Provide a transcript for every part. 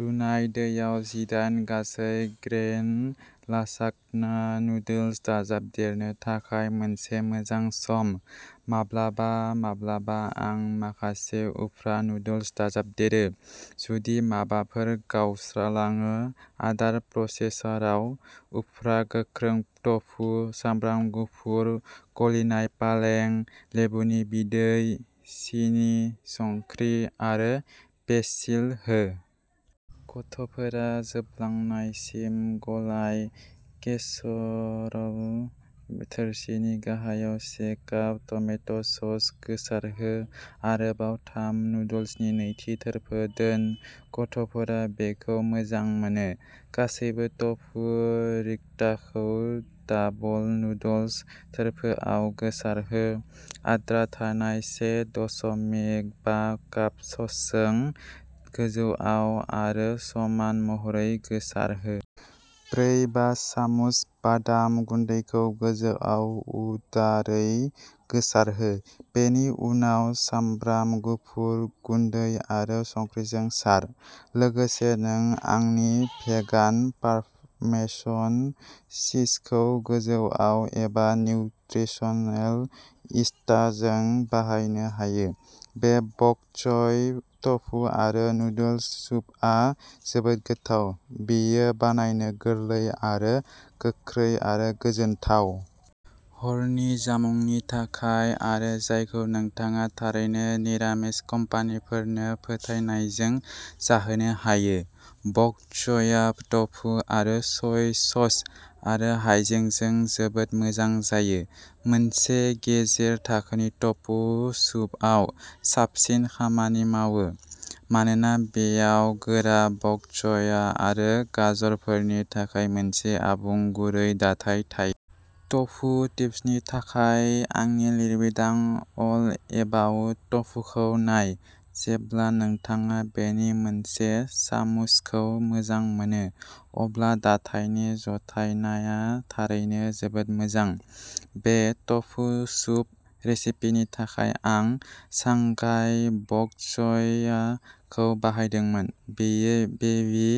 रुनाय दैयाव जिदाइन गासै ग्रेइन लासाग्ना नुडल्स दाजाबदेरनो थाखाय मोनसे मोजां सम। माब्लाबा माब्लाबा आं माखासे उफ्रा नुडल्स दाजाबदेरो, जुदि माबाफोर गावस्रालाङो, आदार प्रसेसराव, उफ्रा गोख्रों टफु, सामब्राम गुफुर, गलिनाय पालें, लेबुनि बिदै, सिनि, संख्रि आरो बेसिल हो। गथफोरा जोबलांनायसिम गलाय। केसर थोरसिनि गाहायाव से काप टमेट' सस गोसारहो। आरोबाव थाम नुडल्सनि नैथि थोरफो दोन। गथ'फोरा बेखौ मोजां मोनो। गासैबो टफु रिक'टाखौ डाबल नुडल्स थोरफोआव गोसारहो। आद्रा थानाय से दस'मिक बा काप ससजों गोजौआव आरो समान महरै गोसारहो। ब्रै-बा सामुस बादाम गुन्दैखौ गोजौआव उदारै गोसारहो, बेनि उनाव सामब्राम गुफुर गुन्दै आरो संख्रिजों सार। लोगोसे नों आंनि भेगान पार्मेसन चीजखौ गोजौआव, एबा निउत्रिसनेल इस्टजों बाहायनो हायो। बे बक च'य, टफु आरो नुडल्स सुपआ जोबोद गोथाव, बेयो बानायनो गोरलै आरो गोख्रै आरो गोजोनथाव। हरनि जामुंनि थाखाय, आरो जायखौ नोंथाङा थारैनो निरामिस कम्पानिफोरनो फोथायनायजों जाहोनो हायो। बक चया टफु, आरो सय सस, आरो हायजेंजों जोबोद मोजां जायो। मोनसे गेजेर थाखोनि टफु सुपआव साबसिन खामानि मावो मानोना बेयाव गोरा बक चया आरो गाजरफोरनि थाखाय मोनसे आबुं गुरै दाथाय थायो। टफु टिप्सनि थाखाय आंनि लिरबिदां अल एबाउट टफुखौ नाय। जेब्ला नोंथाङा बेनि मोनसे सामुसखौ मोजां मोनो, अब्ला दाथायनि जथायनाया थारैनो जोबोद मोजां। बे टफु सुप रेसिपिनि थाखाय आं "शांघाई बक चया" खौ बाहायदोंमोन, बेयो बेबी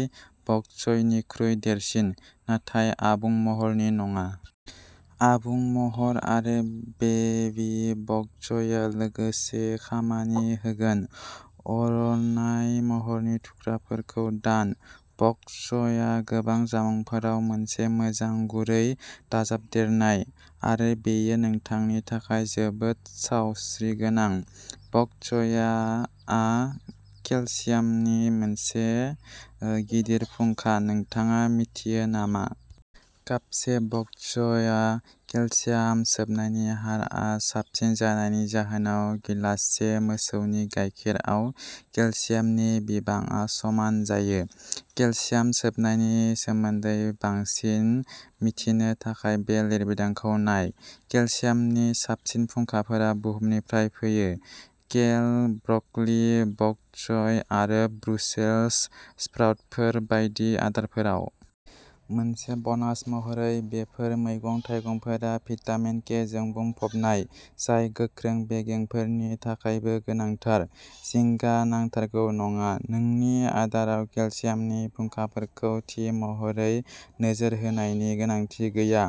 बक चयनिख्रुइ देरसिन, नाथाय आबुं महरनि नङा। आबुं महर आरो बेबी बक चया लोगोसे खामानि होगोन। अरनाय महरनि थुख्राफोरखौ दान। बक चया गोबां जामुंफोराव मोनसे मोजां गुरै दाजाबदेरनाय, आरो बेयो नोंथांनि थाखाय जोबोद सावस्रिगोनां। बक चया आ केलसियामनि मोनसे गिदिर फुंखा नोंथाङा मिथियो नामा? कापसे बक चया, केलसियाम सोबनायनि हारआ साबसिन जानायनि जाहोनाव गिलाससे मोसौनि गायखेरआव केलसियामनि बिबांआ समान जायो। केलसियाम सोबनायनि सोमोन्दै बांसिन मिथिनो थाखाय बे लिरबिदांखौ नाय। केलसियामनि साबसिन फुंखाफोरा बुहुमनिफ्राय फैयो, केल, ब्रकलि, बक च'य आरो ब्रुसेल्स स्प्राउटफोर बायदि आदारफोराव। मोनसे बनास महरै, बेफोर मैगं-थाइगंफोरा भिटामिन के जों बुंफबनाय, जाय गोख्रों बेगेंफोरनि थाखायबो गोनांथार। जिंगा नांथारगौ नङा, नोंनि आदाराव केलसियामनि फुंखाफोरखौ थि महरै नोजोर होनायनि गोनांथि गैया।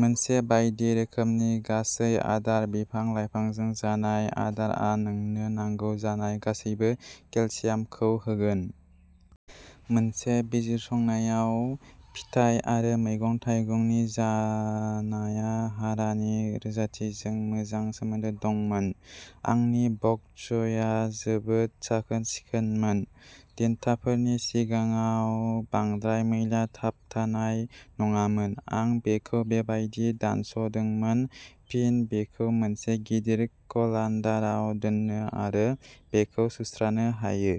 मोनसे बायदि रोखोमनि, गासै-आदार, बिफां-लाइफांजों जानाय आदारआ नोंनो नांगौ जानाय गासैबो केलसियामखौ होगोन। मोनसे बिजिरसंनायाव, फिथाइ आरो मैगं-थाइगंनि जानाया हारानि रोजाथिजों मोजां सोमोन्दो दंमोन। आंनि बक च'यआ जोबोद साखोन-सिखोनमोन, देन्थाफोरनि सिगाङाव बांद्राय मैला थाबथानाय नङामोन। आं बेखौ बेबायदि दानस'दोंमोन, फिन बेखौ मोनसे गिदिर कलान्दाराव दोनो आरो बेखौ सुस्रानो होयो।